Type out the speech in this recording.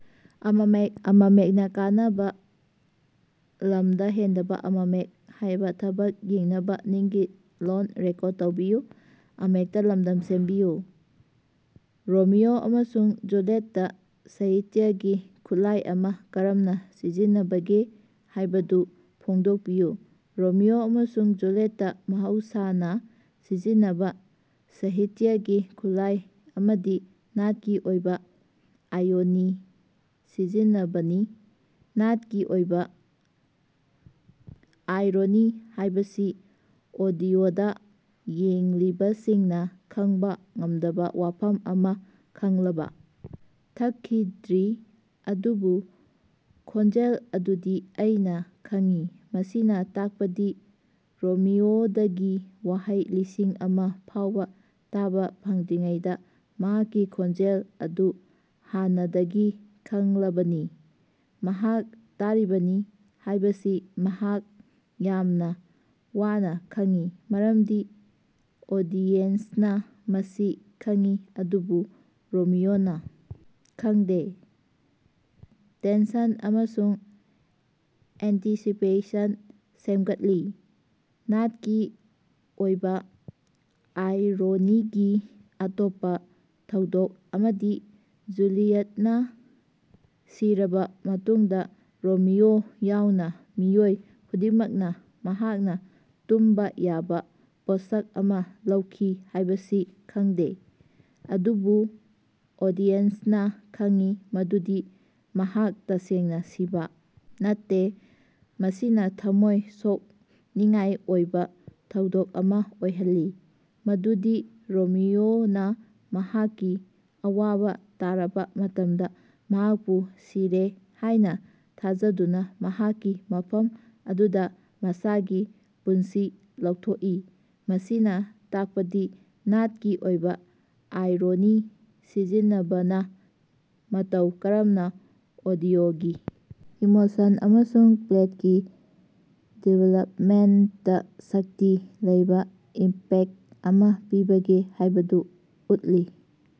Romeo ꯑꯃꯁꯨꯡ ꯖꯨꯂꯤꯌꯠꯇ ꯁꯍꯤꯇ꯭ꯌꯥꯒꯤ ꯈꯨꯠꯂꯥꯏ ꯑꯃ ꯀꯔꯝꯅ ꯁꯤꯖꯤꯟꯅꯕꯒꯦ ꯍꯥꯏꯕꯗꯨ ꯐꯣꯡꯗꯣꯛꯄꯤꯌꯨ꯫ ꯔꯣꯃꯤꯑꯣ ꯑꯃꯁꯨꯡ ꯖꯨꯂꯤꯌꯇꯇ ꯃꯍꯧꯁꯥꯅ ꯁꯤꯖꯤꯟꯅꯕ ꯁꯍꯤꯇ꯭ꯌꯥꯒꯤ ꯈꯨꯠꯂꯥꯏ ꯑꯃꯗꯤ ꯅꯥꯠꯀꯤ ꯑꯣꯏꯕ ꯑꯥꯏꯔꯣꯅꯤ ꯁꯤꯖꯤꯟꯅꯕꯅꯤ꯫ ꯅꯥꯠꯀꯤ ꯑꯣꯏꯕ ꯑꯥꯏꯔꯣꯅꯤ ꯍꯥꯏꯕꯁꯤ ꯑꯣꯗꯤꯑꯣꯗꯥ ꯌꯦꯡꯂꯤꯕꯁꯤꯡꯅ ꯈꯪꯕꯥ ꯉꯝꯗꯕ ꯋꯥꯐꯝ ꯑꯃ ꯈꯪꯂꯕ ꯊꯛꯈꯤꯗ꯭ꯔꯤ ꯑꯗꯨꯕꯨ ꯈꯣꯟꯖꯦꯜ ꯑꯗꯨꯗꯤ ꯑꯩꯅ ꯈꯪꯏ꯫ ꯃꯁꯤꯅ ꯇꯥꯛꯄꯗꯤ ꯔꯣꯃꯤꯑꯣꯗꯒꯤ ꯋꯥꯍꯩ ꯂꯤꯁꯤꯡ ꯑꯃꯥ ꯐꯥꯎꯕ ꯇꯥꯕ ꯐꯪꯗ꯭ꯔꯤꯉꯩꯗ ꯃꯍꯥꯛꯀꯤ ꯈꯣꯟꯖꯦꯜ ꯑꯗꯨ ꯍꯥꯟꯅꯗꯒꯤ ꯈꯪꯂꯕꯅꯤ— ꯃꯍꯥꯛ ꯇꯥꯔꯤꯕꯅꯤ ꯍꯥꯏꯕꯁꯤ ꯃꯍꯥꯛ ꯌꯥꯝꯅ ꯋꯥꯅ ꯈꯪꯏ꯫ ꯃꯔꯝꯗꯤ ꯑꯣꯗꯤꯌꯦꯟꯁꯅ ꯃꯁꯤ ꯈꯪꯏ ꯑꯗꯨꯕꯨ ꯔꯣꯃꯤꯑꯣꯅꯥ ꯈꯪꯗꯦ꯫ ꯇꯦꯟꯁꯟ ꯑꯃꯁꯨꯡ ꯑꯦꯟꯇꯤꯁꯤꯄꯦꯁꯟ ꯁꯦꯝꯒꯠꯂꯤ꯫ ꯅꯥꯠꯀꯤ ꯑꯣꯏꯕ ꯑꯥꯏꯔꯣꯅꯤꯒꯤ ꯑꯇꯣꯞꯄ ꯊꯧꯗꯣꯛ ꯑꯃꯗꯤ ꯖꯨꯂꯤꯌꯇꯅ ꯁꯤꯔꯕ ꯃꯇꯨꯡꯗ ꯔꯣꯃꯤꯑꯣ ꯌꯥꯎꯅ ꯃꯤꯑꯣꯏ ꯈꯨꯗꯤꯡꯃꯛꯅ ꯃꯍꯥꯛꯅ ꯇꯨꯝꯕꯥ ꯌꯥꯕꯥ ꯄꯣꯠꯁꯛ ꯑꯃ ꯂꯧꯈꯤ ꯍꯥꯏꯕꯁꯤ ꯈꯪꯗꯦ꯫ ꯑꯗꯨꯕꯨ ꯑꯣꯗꯤꯌꯦꯟꯁꯅ ꯈꯪꯏ ꯃꯗꯨꯗꯤ ꯃꯍꯥꯛ ꯇꯁꯦꯡꯅ ꯁꯤꯕ ꯅꯠꯇꯦ꯫ ꯃꯁꯤꯅ ꯊꯝꯃꯣꯏ ꯁꯣꯛꯅꯤꯡꯉꯥꯏ ꯑꯣꯏꯕ ꯊꯧꯗꯣꯛ ꯑꯃ ꯑꯣꯏꯍꯜꯂꯤ ꯃꯗꯨꯗꯤ ꯔꯣꯃꯤꯑꯣꯅ ꯃꯍꯥꯛꯀꯤ ꯑꯋꯥꯕ ꯇꯥꯔꯕ ꯃꯇꯝꯗ, ꯃꯍꯥꯛꯄꯨ ꯁꯤꯔꯦ ꯍꯥꯏꯅ ꯊꯥꯖꯗꯨꯅ ꯃꯍꯥꯛꯀꯤ ꯃꯐꯝ ꯑꯗꯨꯗ ꯃꯁꯥꯒꯤ ꯄꯨꯟꯁꯤ ꯂꯧꯊꯣꯛꯏ꯫ ꯃꯁꯤꯅ ꯇꯥꯛꯄꯗꯤ ꯅꯥꯠꯀꯤ ꯑꯣꯏꯕ ꯑꯥꯏꯔꯣꯅꯤ ꯁꯤꯖꯤꯟꯅꯕꯅ ꯃꯇꯧ ꯀꯔꯝꯅ ꯑꯣꯗꯤꯑꯣꯒꯤ ꯏꯃꯣꯁꯟ ꯑꯃꯁꯨꯡ ꯄ꯭ꯂꯇꯀꯤ ꯗꯤꯚꯦꯂꯄꯃꯦꯟꯠꯗ ꯁꯛꯇꯤ ꯂꯩꯕ ꯏꯝꯄꯦꯛꯇ ꯑꯃ ꯄꯤꯕꯒꯦ ꯍꯥꯏꯕꯗꯨ ꯎꯠꯂꯤ꯫